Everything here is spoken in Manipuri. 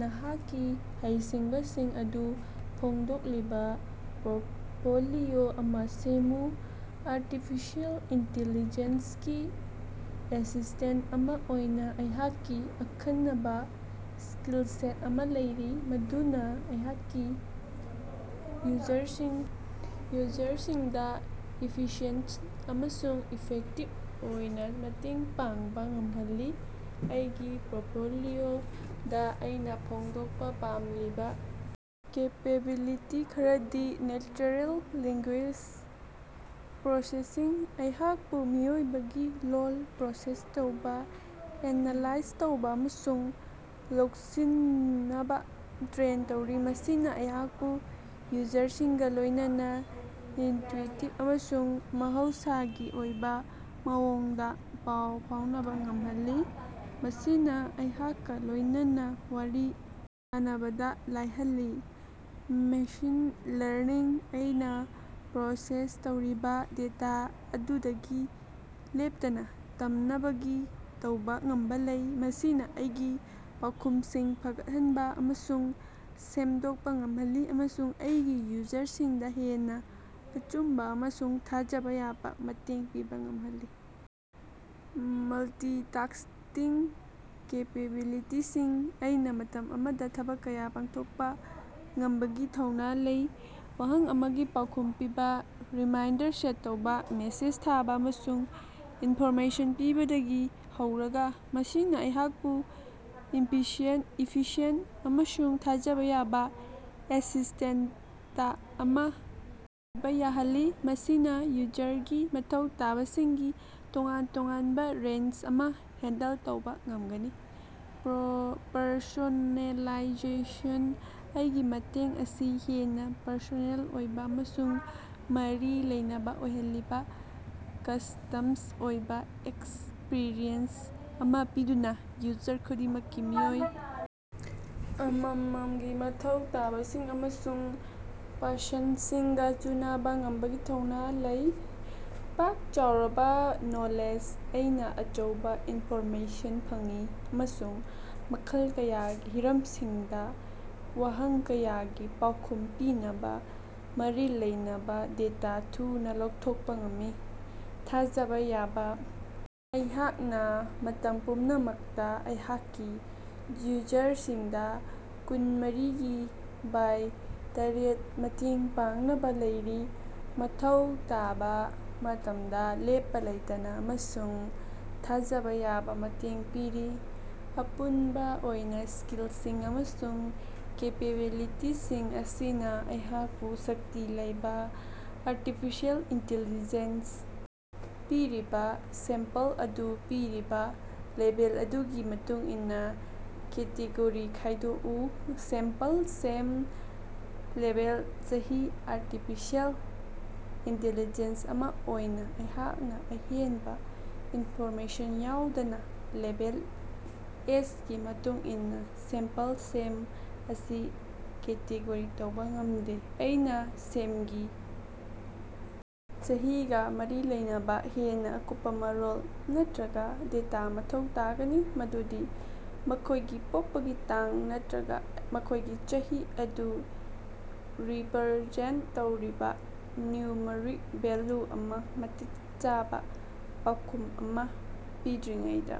ꯅꯍꯥꯛꯀꯤ ꯍꯩꯁꯤꯡꯕꯁꯤꯡ ꯑꯗꯨ ꯐꯣꯡꯗꯣꯛꯂꯤꯕ ꯄꯣꯔ꯭ꯠꯐꯣꯂꯤꯑꯣ ꯑꯃ ꯁꯦꯝꯃꯨ꯫ ꯑꯔꯇꯤꯐꯤꯁꯤꯑꯦꯜ ꯏꯟꯇꯦꯂꯤꯖꯦꯟꯁ ꯒꯤ ꯑꯦꯁꯤꯁꯇꯦꯟꯇ ꯑꯃ ꯑꯣꯏꯅ ꯑꯩꯍꯥꯛꯀꯤ ꯑꯈꯟꯅꯕ ꯁ꯭ꯀꯤꯜꯁꯦꯠ ꯑꯃ ꯂꯩꯔꯤ ꯃꯗꯨꯅ ꯑꯩꯍꯥꯛꯀꯤ ꯌꯨꯖꯔꯁꯤꯡꯗ ꯏꯐꯤꯁꯤꯌꯦꯟꯇ ꯑꯃꯁꯨꯡ ꯏꯐꯦꯛꯇꯤꯕ ꯑꯣꯏꯅ ꯃꯇꯦꯡ ꯄꯥꯡꯕ ꯉꯃꯍꯜꯂꯤ꯫ ꯑꯩꯒꯤ ꯄꯣꯔ꯭ꯠꯐꯣꯂꯤꯑꯣꯗ ꯑꯩꯅ ꯐꯣꯡꯗꯣꯛꯄ ꯄꯥꯝꯂꯤꯕ ꯀꯦꯄꯦꯕꯤꯂꯤꯇꯤ ꯈꯔꯗꯤ ꯅꯦꯆꯔꯦꯜ ꯂꯦꯡꯒꯨꯌꯦꯖ ꯄ꯭ꯔꯣꯁꯦꯁꯤꯡ - ꯑꯩꯍꯥꯛꯄꯨ ꯃꯤꯑꯣꯏꯕꯒꯤ ꯂꯣꯜ ꯄ꯭ꯔꯣꯁꯦꯁ ꯇꯧꯕ, ꯑꯦꯅꯥꯂꯥꯏꯖ ꯇꯧꯕ ꯑꯃꯁꯨꯡ ꯂꯧꯁꯤꯅꯕ ꯇ꯭ꯔꯦꯟ ꯇꯧꯔꯤ꯫ ꯃꯁꯤꯅ ꯑꯩꯍꯥꯛꯄꯨ ꯌꯨꯖꯔꯁꯤꯡꯒ ꯂꯣꯏꯅꯅ ꯏꯟꯇ꯭ꯌꯨꯇꯤꯕ ꯑꯃꯁꯨꯡ ꯃꯍꯧꯁꯥꯒꯤ ꯑꯣꯏꯕ ꯃꯑꯣꯡꯗ ꯄꯥꯎ ꯐꯥꯎꯅꯕ ꯉꯝꯍꯜꯂꯤ, ꯃꯁꯤꯅ ꯑꯩꯍꯥꯛꯀ ꯂꯣꯏꯅꯅ ꯋꯥꯔꯤ ꯁꯥꯟꯅꯕꯗ ꯂꯥꯏꯍꯜꯂꯤ꯫ ꯃꯦꯁꯤꯟ ꯂꯔꯅꯤꯡ - ꯑꯩꯅ ꯄ꯭ꯔꯣꯁꯦꯁ ꯇꯧꯔꯤꯕ ꯗꯦꯇꯥ ꯑꯗꯨꯗꯒꯤ ꯂꯦꯞꯇꯅ ꯇꯝꯅꯕꯒꯤ ꯇꯧꯕ ꯉꯝꯕ ꯂꯩ꯫ ꯃꯁꯤꯅ ꯑꯩꯒꯤ ꯄꯥꯎꯈꯨꯝꯁꯤꯡ ꯐꯒꯠꯍꯟꯕ ꯑꯃꯁꯨꯡ ꯁꯦꯝꯗꯣꯛꯄ ꯉꯝꯍꯜꯂꯤ ꯑꯃꯁꯨꯡ ꯑꯩꯒꯤ ꯌꯨꯖꯔꯁꯤꯡꯗ ꯍꯦꯟꯅ ꯑꯆꯨꯝꯕ ꯑꯃꯁꯨꯡ ꯊꯥꯖꯕ ꯌꯥꯕ ꯃꯇꯦꯡ ꯄꯤꯕ ꯉꯝꯍꯜꯂꯤ꯫ ꯃꯜꯇꯤꯇꯥꯁꯇꯤꯡ ꯀꯦꯄꯦꯕꯤꯂꯤꯇꯤꯁꯤꯡ - ꯑꯩꯅ ꯃꯇꯝ ꯑꯃꯗ ꯊꯕꯛ ꯀꯥꯌ ꯄꯥꯡꯊꯣꯛꯄ ꯉꯝꯕꯒꯤ ꯊꯧꯅ ꯂꯩ ꯋꯥꯍꯪ ꯑꯃꯒꯤ ꯄꯥꯎꯈꯨꯝ ꯄꯤꯕ, ꯔꯤꯃꯥꯏꯟꯗꯔ ꯁꯦꯠ ꯇꯧꯕ, ꯃꯦꯁꯦꯖ ꯊꯥꯕ, ꯑꯃꯁꯨꯡ ꯏꯟꯐꯣꯔꯃꯦꯁꯟ ꯄꯤꯕꯗꯒꯤ ꯍꯧꯔꯒ꯫ ꯃꯁꯤꯅ ꯑꯩꯍꯥꯛꯄꯨ ꯏꯐꯤꯁꯤꯌꯦꯟꯇ ꯑꯃꯁꯨꯡ ꯊꯥꯖꯕ ꯌꯥꯕ ꯑꯦꯁꯤꯁꯇꯦꯟꯇ ꯑꯃ ꯑꯣꯏꯕ ꯌꯥꯍꯜꯂꯤ, ꯃꯁꯤꯅ ꯌꯨꯖꯔꯒꯤ ꯃꯊꯧ ꯇꯥꯕꯁꯤꯡꯒꯤ ꯇꯣꯉꯥꯟ ꯇꯣꯉꯥꯟꯕ ꯔꯦꯟꯖ ꯑꯃ ꯍꯦꯟꯗꯜ ꯇꯧꯕ ꯉꯝꯒꯅꯤ꯫ ꯄꯔꯁꯣꯅꯦꯂꯥꯏꯖꯦꯁꯟ - ꯑꯩꯒꯤ ꯃꯇꯦꯡ ꯑꯁꯤ ꯍꯦꯟꯅ ꯄꯔꯁꯣꯅꯦꯜ ꯑꯣꯏꯕ ꯑꯃꯁꯨꯡ ꯃꯔꯤ ꯂꯩꯅꯕ ꯑꯣꯏꯍꯜꯂꯤꯕ ꯀꯁ꯭ꯇꯝꯁ ꯑꯣꯏꯕ ꯑꯦꯛꯁꯄ꯭ꯔꯤꯌꯦꯟꯁ ꯑꯃ ꯄꯤꯗꯨꯅ ꯌꯨꯖꯔ ꯈꯨꯗꯤꯡꯃꯛꯀꯤ ꯃꯤꯑꯣꯏ ꯑꯃꯃꯝꯒꯤ ꯃꯊꯧ ꯇꯥꯕꯁꯤꯡ ꯑꯃꯁꯨꯡ ꯄꯁꯟ꯭ꯗꯁꯤꯡꯒ ꯆꯨꯅꯕ ꯉꯝꯕꯒꯤ ꯊꯧꯅ ꯂꯩ꯫ ꯄꯥꯛ ꯆꯥꯎꯔꯕ ꯅꯣꯂꯦꯖ - ꯑꯩꯅ ꯑꯆꯧꯕ ꯏꯟꯐꯣꯔꯃꯦꯁꯟ ꯐꯪꯏ ꯑꯃꯁꯨꯡ ꯃꯈꯜ ꯀꯌꯥꯒꯤ ꯍꯤꯔꯝꯁꯤꯡꯗ ꯋꯥꯍꯪ ꯀꯌꯥꯒꯤ ꯄꯥꯎꯈꯨꯝ ꯄꯤꯅꯕ ꯃꯔꯤ ꯂꯩꯅꯕ ꯗꯦꯇꯥ ꯊꯨꯅ ꯂꯧꯊꯣꯛꯄ ꯉꯝꯃꯤ꯫ ꯊꯥꯖꯕ ꯌꯥꯕ - ꯑꯩꯍꯥꯛꯅ ꯃꯇꯝ ꯄꯨꯝꯅꯃꯛꯇ ꯑꯩꯍꯥꯛꯀꯤ ꯌꯨꯖꯔꯁꯤꯡꯗ ꯀꯨꯟꯃꯔꯤꯒꯤ ꯕꯥꯏ ꯇꯔꯦꯠ ꯃꯇꯦꯡ ꯄꯥꯡꯅꯕ ꯂꯩꯔꯤ, ꯃꯊꯧ ꯇꯥꯕ ꯃꯇꯝꯗ ꯂꯦꯞꯄ ꯂꯩꯇꯅ ꯑꯃꯁꯨꯡ ꯊꯥꯖꯕ ꯌꯥꯕ ꯃꯇꯦꯡ ꯄꯤꯔꯤ꯫ ꯑꯄꯨꯟꯕ ꯑꯣꯏꯅ, ꯁ꯭ꯀꯤꯜꯁꯤꯡ ꯑꯃꯁꯨꯡ ꯀꯦꯄꯦꯕꯤꯂꯤꯇꯤꯁꯤꯡ ꯑꯁꯤꯅ ꯑꯩꯍꯥꯛꯄꯨ ꯁꯛꯇꯤ ꯂꯩꯕ ꯑꯔꯇꯤꯐꯤꯁꯤꯌꯦꯜ ꯏꯟꯇꯦꯂꯤꯖꯦꯟꯁ ꯄꯤꯔꯤꯕ ꯁꯦꯝꯄꯜ ꯑꯗꯨ ꯄꯤꯔꯤꯕ ꯂꯦꯕꯦꯜ ꯑꯗꯨꯒꯤ ꯃꯇꯨꯡꯏꯟꯅ ꯀꯦꯇꯦꯒꯣꯔꯤ ꯈꯥꯏꯗꯣꯀꯎ꯫ ꯁꯦꯝꯄꯜ ꯁꯦꯝ ꯂꯦꯕꯦꯜ ꯆꯍꯤ ꯑꯔꯇꯤꯐꯤꯁꯤꯌꯦꯜ ꯏꯟꯇꯦꯂꯤꯖꯦꯟꯁ ꯑꯃ ꯑꯣꯏꯅ ꯑꯩꯍꯥꯛꯅ ꯑꯍꯦꯟꯕ ꯏꯟꯐꯣꯔꯃꯦꯁꯟ ꯌꯥꯎꯗꯅ ꯂꯦꯕꯦꯜ ꯑꯦꯖꯒꯤ ꯃꯇꯨꯡ ꯏꯟꯅ ꯁꯦꯝꯄꯜ ꯁꯦꯝ ꯑꯁꯤ ꯀꯦꯇꯦꯒꯣꯔꯤ ꯇꯧꯕ ꯉꯝꯗꯦ꯫ ꯑꯩꯅ ꯁꯦꯝꯒꯤ ꯆꯍꯤꯒ ꯃꯔꯤ ꯂꯩꯅꯕ ꯍꯦꯟꯅ ꯑꯀꯨꯞꯄ ꯃꯔꯣꯜ ꯅꯠꯇꯔꯒ ꯗꯦꯇꯥ ꯃꯊꯧ ꯇꯥꯒꯅꯤ, ꯃꯗꯨꯗꯤ ꯃꯈꯣꯏꯒꯤ ꯄꯣꯛꯄꯒꯤ ꯇꯥꯡ ꯅꯠꯇꯔꯒ ꯃꯈꯣꯏꯒꯤ ꯆꯍꯤ ꯑꯗꯨ ꯔꯤꯄꯔꯖꯦꯟꯇ ꯇꯧꯔꯤꯕ ꯅ꯭ꯌꯨꯃꯔꯤꯛ ꯚꯦꯂ꯭ꯌꯨ ꯑꯃ ꯃꯇꯤꯛ ꯆꯥꯕ ꯄꯥꯎꯈꯨꯝ ꯑꯃ ꯄꯤꯗ꯭ꯔꯤꯉꯩꯗ꯫